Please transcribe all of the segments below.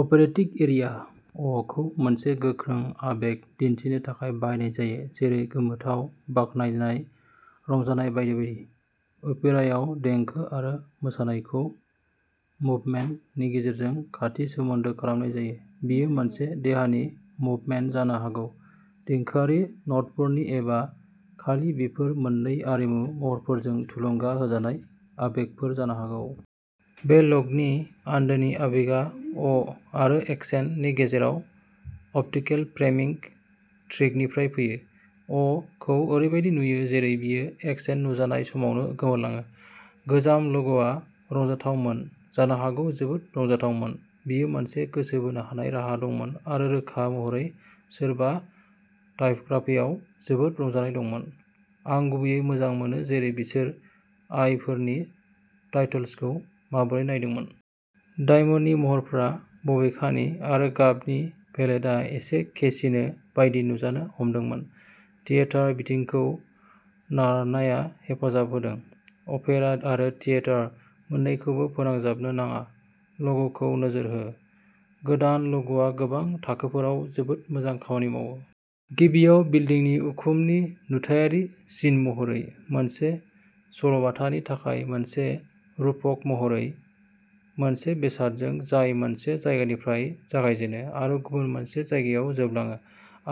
अपेराटिक aria. "अ" खौ मोनसे गोख्रों आबेग दिन्थिनो थाखाय बाहायनाय जायो जेरै गोमोथाव, बाख्नायनाय, रंजानाय बायदि बायदि। अपेरायाव, देंखो आरो मोसानायखौ "मुभमेन्ट" नि गेजेरजों खाथि सोमोन्दो खालामनाय जायो। बेयो मोनसे देहानि मुभमेन्ट जानो हागौ, देंखोआरि न'टफोरनि एबा खालि बेफोर मोननै आरिमु महरफोरजों थुलुंगा होजानाय आबेगफोर जानो हागौ।। बे ल'गनि आन्दोनि आबेगआ "अ" आरो "एक्सेन्ट" नि गेजेराव अप्टिकेल फ्रेमिंग ट्रिकनिफ्राय फैयो। "अ" खौ ओरैबादि नुयो जेरै बेयो एक्सेन्ट नुजानाय समावनो गोमोरलाङो। गोजाम ल'ग'आ रंजाथावमोन, जानो हागौ जोबोद रंजाथावमोन। बेयो मोनसे गोसो बोनो हानाय राहा दंमोन आरो रोखा महरै सोरबा टाइपग्राफियाव जोबोद रंजानाय दंमोन, आं गुबैयै मोजां मोनो जेरै बिसोर "आइ" फोरनि टाइटोल्सखौ माबोरै नायदोंमोन। डायमन्डनि महरफोरा, बबेखानि आरो गाबनि पेलेटआ एसे केसिनो बायदि नुजानो हमदोंमोन। थियेटार बिथिंखौ गारनाया हेफाजाब होदों। अपेरा आरो थियेटार मोन्नैखौबो फोनांजाबनो नाङा, ल'ग'खौ नोजोर हो। गोदान ल'ग'आ गोबां थाखोफोराव जोबोद मोजां खामानि मावो। गिबियाव, बिल्दिंनि उखुमनि नुथायारि सिन महरै मोनसे सल'बाथानि थाखाय मोनसे रुपक महरै, मोनसे बेसादजों जाय मोनसे जायगानिफ्राय जागायजेनो आरो गुबुन मोनसे जायगायाव जोबलाङो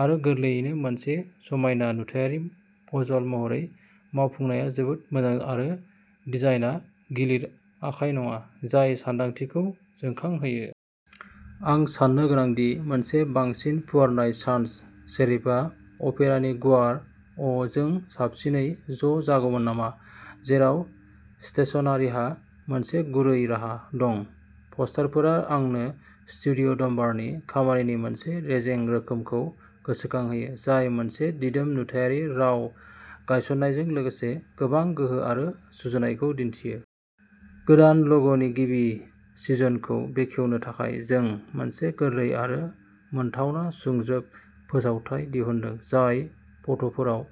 आरो गोरलैयैनो मोनसे समायना नुथायारि पजल महरै मावफुंनाया जोबोद मोजां आरो डिजाइनआ गिलिर आखाय नङा, जाय सानदांथिखौ जोंखांहोयो। आं साननो गोनां दि मोनसे बांसिन फुवारनाय सान्स सेरिफआ अपेरानि गुवार "अ" जों साबसिनै ज' जागौमोन नामा? जेराव स्टेशनारिहा मोनसे गुरै राहा दं, पस्टारफोरा आंनो स्टुडिय'डम्बारनि खामानिनि मोनसे रेजें रोखोमखौ गोसोखांहोयो, जाय मोनसे दिदोम नुथायारि राव गायसन्नायजों लोगोसे गोबां गोहो आरो सुजुनायखौ दिन्थियो। गोदान ल'ग'नि गिबि सिजनखौ बेखेवनो थाखाय जों मोनसे गोरलै आरो मोनथावना सुंज्रोब फोसावथाय दिहुनदों, जाय फट'फोराव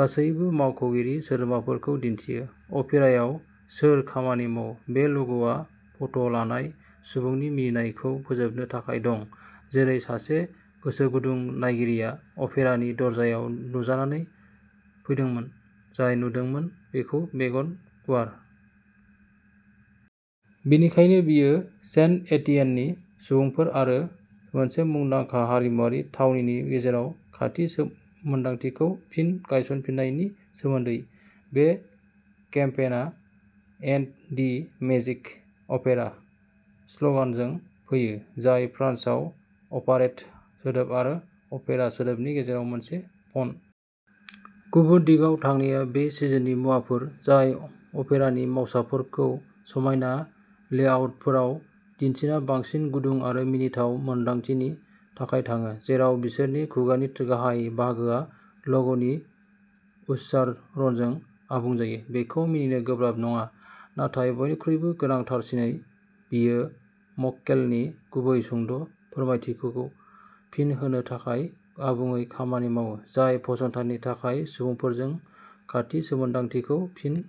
गासैबो मावख'गिरि सोद्रोमाफोरखौ दिन्थियो। अपेरायाव सोर खामानि मावो। बे ल'ग'आ फट' लानाय सुबुंनि मिनिनायखौ फोजोबनो थाखाय दं, जेरै सासे गोसोगुदुं नायगिरिया अपेरानि दरजायाव नुजानो फैदोंमोन, जाय नुदोंमोन बेखौ मेगन गुवार। बेनिखायनो बेयो सेन्ट-एटिएननि सुबुंफोर आरो मोनसे मुंदांखा हारिमुआरि थावनिनि गेजेराव खाथि मोन्दांथिखौ फिन गायसनफिन्नायनि सोमोन्दै। बे केम्पेइना "एन्ड दि मेजिक अपेरा" स्ल'गानजों फैयो, जाय फ्रान्सआव "अपारेट" सोदोब आरो "अपेरा" सोदोबनि गेजेराव मोनसे पन। गुबुन दिगाव थांनाया बे सिजननि मुवाफोर जाय अपेरानि मावसाफोरखौ समायना लेआउटफोराव दिन्थिना बांसिन गुदुं आरो मिनिथाव मोन्दांथिनि थाखाय थाङो, जेराव बिसोरनि खुगानि गाहाय बाहागोआ ल'ग'नि उच्चारणजों आबुं जायो। बेखौ मिनिनो गोब्राब नङा, नाथाय बयनिख्रुइबो गोनांथारसिनै बेयो मक्केलनि गुबै सुंद' फोरमायथिखौ फिन होनो थाखाय आबुङै खामानि मावो, जाय फसंथाननि थाखाय सुबुंफोरजों खाथि मोन्दांथिखौ फिन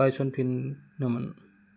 गायसनफिननोमोन।